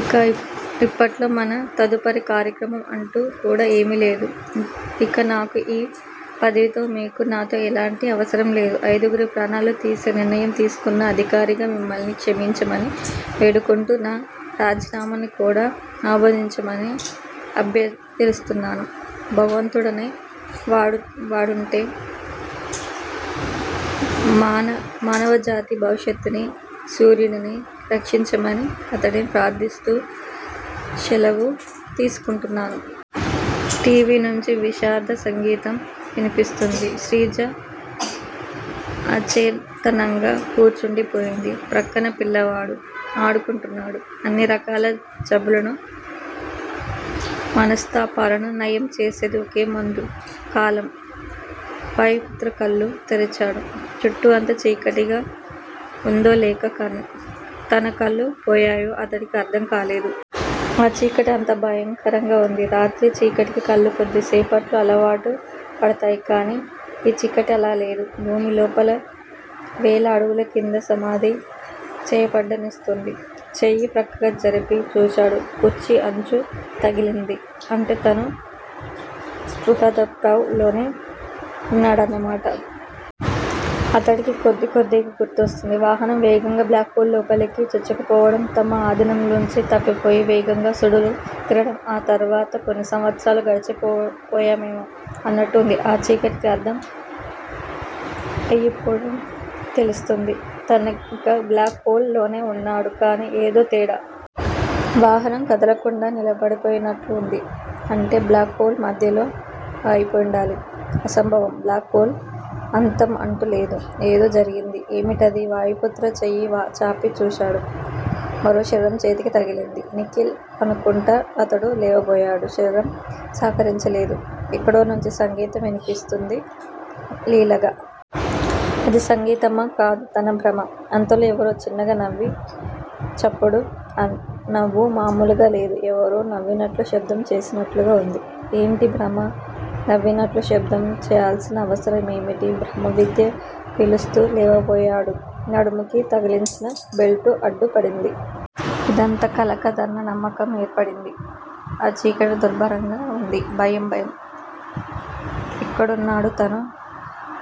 ఇక ఇప్పట్లో మన తదుపరి కార్యక్రమం అంటూ కూడా ఏమీ లేదు. ఇక నాకు ఈ పదవితో, మీకు నాతో ఎలాంటి అవసరంలేదు. ఐదుగురి ప్రాణాలు తీసే నిర్ణయం తీసుకున్న అధికారిగా మిమ్మల్ని క్షమించమని వేడుకుంటూ నా రాజీనామాని కూడా ఆమోదించమని అభ్యర్థిస్తున్నాను. భగవంతుడనే వాడు వాడుంటే మానవ మానవజాతి భవిష్యత్తునీ, సూర్యుడినీ రక్షించమని అతడిని ప్రార్థిస్తూ శలవు తీసుకుంటున్నాను. టి. వి. నుంచి విషాద సంగీతం వినిపిస్తోంది. శ్రీజ అచేతనంగా కూర్చుండిపోయింది. ప్రక్కన పిల్లవాడు ఆడుకుంటున్నాడు. అన్ని రకాల జబ్బులను మనస్తాపాలను నయం చేసేది ఒకే మందు-కాలం. వాయుపుత్ర కళ్ళు తెరిచాడు. చుట్టూ అంతా చీకటిగా వుందో లేక తనకళ్ళు పోయాయో అతడికి అర్థం కాలేదు. ఆ చీకటి అంత భయంకరంగా వుంది. రాత్రి చీకటికి కళ్ళు కొద్దిసేపట్లో అలవాటు పడతాయి. కానీ ఈ చీకటి అలా లేదు. భూమి లోపల వేల అడుగుల కింద సమాధి చేయబడ్డనిపిస్తోంది. చెయ్యి ప్రక్కకు జరిపి చూశాడు. కుర్చీ అంచు తగిలింది. అంటే తను సుహృద్భావ్ లోనే వున్నాడన్నమాట. అతడికి కొద్దికొద్దిగా గుర్తొస్తోంది. వాహనం వేగంగా బ్లాక్ హొల్ లోపలికి చొచ్చుకుపోవడం, తమ ఆధీనంలోంచి తప్పిపోయి వేగంగా సుడులు తిరగడం ఆ తర్వాత కొన్ని సంవత్సరాలు గడిచిపో గడిచిపోయాయేమో అన్నట్టు వుంది. ఆ చీకటికి అర్థం యిప్పుడు తెలుస్తోంది. తనింకా బ్లాక్ హొల్ లోనే వున్నాడు. కాని ఏదో తేడా! వాహనం కదలకుండా నిలబడిపోయినట్లు వుంది. అంటే బ్లాక్ హొల్ మధ్యలో ఆగిపోయుండాలి- అసంభవం. బ్లాక్ హొల్ అంతం అంటూ లేదు. ఏదో జరిగింది. ఏమిటది? వాయుపుత్ర చెయ్యి చాపి చూశాడు. మరో శరీరం చేతికి తగిలింది. నిఖిల్ అనుకుంటా అతడు లేవబోయాడు. శరీరం సహకరించలేదు. ఎక్కడనుంచో సంగీతం వినిపిస్తోంది లీలగా. అది సంగీతమా? కాదు తన భ్రమ. అంతలో ఎవరో చిన్నగా నవ్వి చప్పుడు. ఆ నవ్వు మామూలుగా లేదు. ఎవరో నవ్వినట్లు శబ్దం చేసినట్లుగా వుంది. ఏంటీ భ్రమ? నవ్వినట్లు శబ్దం చేయాల్సిన అవసరం ఏమిటి? బ్రహ్మవిద్యా పిలుస్తూ లేవబోయాడు. నడుముకి తగిలించిన బెల్టు అడ్డు పడింది. ఇదంతా కలకాదన్న నమ్మకం ఏర్పడింది. ఆ చీకటి దుర్భరంగా వుంది. భయం భయం ఎక్కడున్నాడు తను?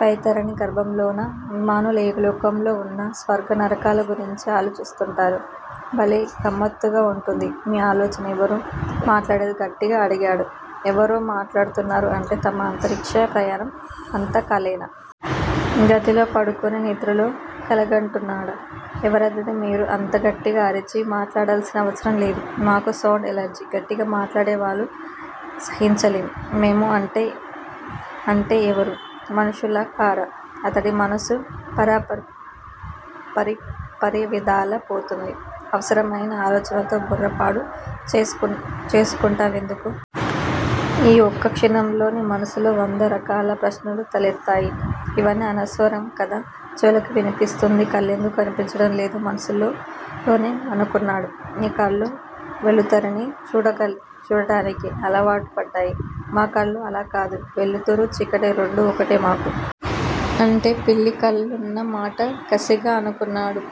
వైతరణీ గర్భంలోనా? మీ మానవులు ఏ లోకంలో వున్నా స్వర్గ నరకాల గురించే ఆలోచిస్తుంటారు. భలే గమ్మత్తుగా వుంటుంది మీ ఆలోచన. ఎవరు మాట్లాడేది? గట్టిగా అడిగాడు. ఎవరో మాట్లాడుతున్నారు అంటే తమ అంతరిక్ష ప్రయాణం అంతా కలేనా? గదిలో పడుకుని నిద్రలో కలగంటున్నాడా? ఎవరది? మీరు అంత గట్టిగా అరచి మాట్లాడవలసిన అవసరం లేదు. మాకు సౌండ్ ఎలర్జీ. గట్టిగా మాట్లాడేవాళ్ళు సహించలేం. మేము అంటే అంటే ఎవరు? మనుష్యులు కారా? అతడి మనసు పారప పరిపరివిధాల పోతోంది. అనవసరమైన ఆలోచనలతో బుర్ర పాడు చేసుకుంటావెందుకు? ఈ ఒక్కక్షణంలో నీ మనసులో వంద రకాల ప్రశ్నలు తలెత్తాయి. ఇవన్నీ అనవసరం కదా. చెవులకి వినిపిస్తోంది కళ్ళెఏమో కనిపించడం లేదు? మనసులోనే అనుకున్నాడు. నీ కళ్ళు వెలుతురిని చూడడానికే అలవాటు పడ్డాయి. మా కళ్ళు అలా కాదు. వెలుతురూ. చీకటి రెండూ ఒకటే మాకు. అంటే పిల్లి కళ్ళన్నమాట కసిగా అనుకున్నాడు.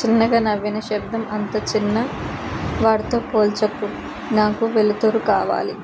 చిన్నగా నవ్విన శబ్దం అంత చిన్న వాటితో పోల్చకు. నాకు వెలుతురు కావాలి